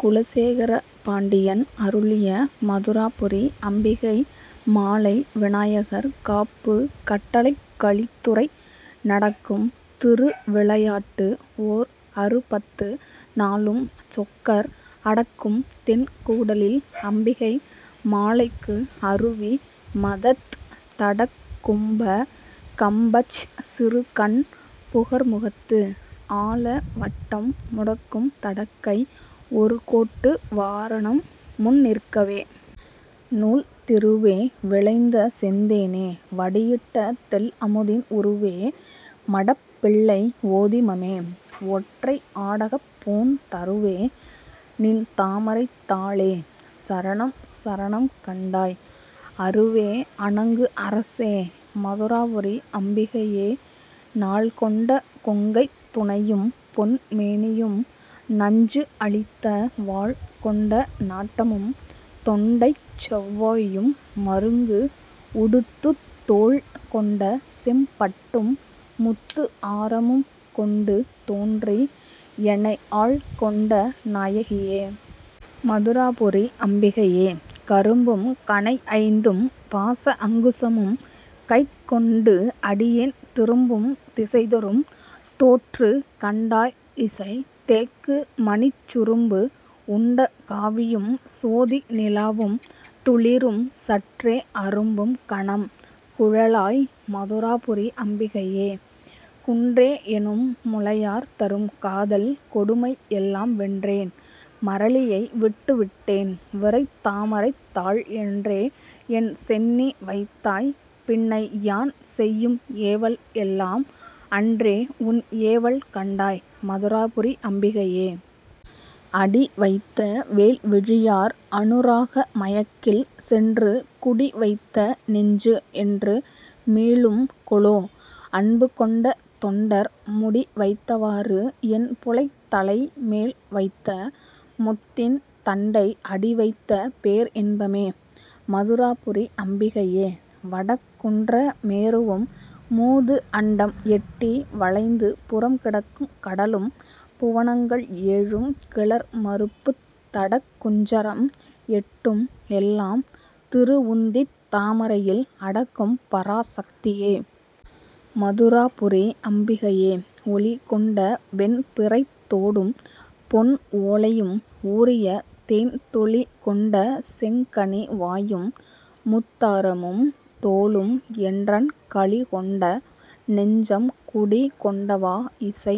குலசேகர பாண்டியன் அருளிய மதுராபுரி அம்பிகை மாலை விநாயகர் காப்பு கட்டளைக் கலித்துறை நடக்கும் திரு விளையாட்டு ஓர் அறுபத்து நாலும் சொக்கர் அடக்கும் தென் கூடலில் அம்பிகை மாலைக்கு அருவி மதத், தடக் கும்ப, கம்பச், சிறு கண், புகர் முகத்து, ஆல வட்டம் முடக்கும் தடக்கை, ஒரு கோட்டு வாரணம் முன் நிற்கவே. நூல் திருவே! விளைந்த செந்தேனே! வடி இட்ட தெள் அமுதின் உருவே! மடப் பிள்ளை ஓதிமமே! ஒற்றை ஆடகப் பூந் தருவே! நின் தாமரைத் தாளே சரணம், சரணம் கண்டாய், அருவே! அணங்கு அரசே! மதுராபுரி அம்பிகையே!. நாள் கொண்ட கொங்கைத் துணையும், பொன் மேனியும், நஞ்சு அளித்த வாள் கொண்ட நாட்டமும், தொண்டைச் செவ் வாயும், மருங்கு உடுத்துத் தோள் கொண்ட செம் பட்டும், முத்து ஆரமும் கொண்டு தோன்றி எனை ஆள் கொண்ட நாயகியே! மதுராபுரி அம்பிகையே!. கரும்பும், கணை ஐந்தும், பாச அங்குசமும், கைக் கொண்டு அடியேன் திரும்பும் திசை தொறும் தோற்று கண்டாய் இசை தேக்கு மணிச் சுரும்பு உண்ட காவியும், சோதி நிலாவும், துளிரும் சற்றே அரும்பும் கனம் குழலாய்! மதுராபுரி அம்பிகையே!. குன்றே எனும் முலையார் தரும் காதல் கொடுமை எல்லாம் வென்றேன், மறலியை விட்டு விட்டேன், விரைத் தாமரைத் தாள் என்றே என் சென்னி வைத்தாய், பின்னை யான் செய்யும் ஏவல் எல்லாம் அன்றே உன் ஏவல் கண்டாய், மதுராபுரி அம்பிகையே!. வடி வைத்த வேல் விழியார் அநுராக மயக்கில் சென்று குடி வைத்த நெஞ்சு என்று மீளும் கொலோ! அன்பு கொண்ட தொண்டர் முடி வைத்தவாறு, என் புலைத் தலை மேல் வைத்த முத்தின் தண்டை அடி வைத்த பேர் இன்பமே! மதுராபுரி அம்பிகையே!. வடக் குன்ற மேருவும், மூது அண்டம் எட்டி வளைந்து புறம் கிடக்கும் கடலும், புவனங்கள் ஏழும், கிளர் மருப்புத் தடக் குஞ்சரம் எட்டும், எல்லாம் திரு உந்தித் தாமரையில் அடக்கும் பராசக்தியே! மதுராபுரி அம்பிகையே!. ஒளி கொண்ட வெண் பிறைத் தோடும், பொன் ஓலையும், ஊறிய தேன் துளி கொண்ட செங்கனி வாயும், முத்தாரமும், தோளும் என்றன் களி கொண்ட நெஞ்சம் குடி கொண்டவா இசை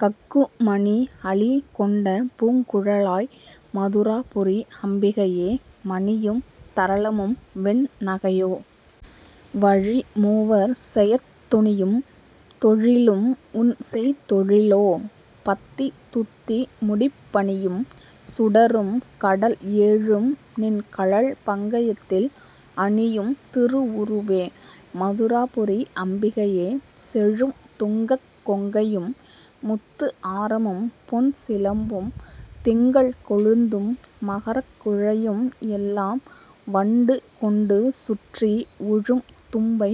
கக்கு மணி அளி கொண்ட பூங்குழலாய்! மதுராபுரி அம்பிகையே!. மணியும், தரளமும், வெண் நகையோ? வழி மூவர் செயத் துணியும், தொழிலும் உன் செய் தொழிலோ? பத்தித் துத்தி முடிப் பணியும், சுடரும், கடல் ஏழும் நின் கழல் பங்கயத்தில் அணியும் திரு உருவே! மதுராபுரி அம்பிகையே!. செழும் துங்கக் கொங்கையும், முத்து ஆரமும், பொன் சிலம்பும், திங்கள் கொழுந்தும், மகரக் குழையும் எல்லாம், வண்டு கொண்டு சுற்றி உழும் தும்பை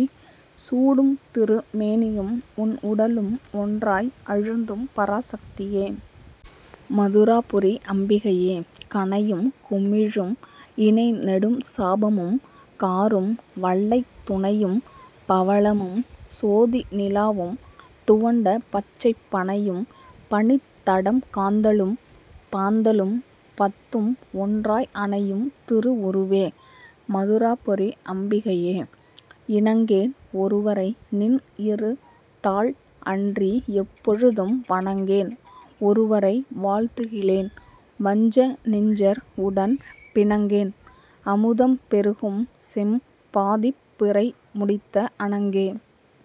சூடும் திரு மேனியும், உன் உடலும் ஒன்றாய் அழுந்தும் பராசக்தியே! மதுராபுரி அம்பிகையே!. கணையும், குமிழும், இணை நெடும் சாபமும், காரும், வள்ளைத் துணையும், பவளமும், சோதி நிலாவும், துவண்ட பச்சைப் பணையும், பனித் தடம் காந்தளும், பாந்தளும் பத்தும் ஒன்றாய் அணையும் திரு உருவே! மதுராபுரி அம்பிகையே!. இணங்கேன் ஒருவரை; நின் இரு தாள் அன்றி எப்பொழுதும் வணங்கேன் ஒருவரை வாழ்த்துகிலேன்; வஞ்ச நெஞ்சர் உடன் பிணங்கேன் அமுதம் பெருகும் செம் பாதிப் பிறை முடித்த அணங்கே!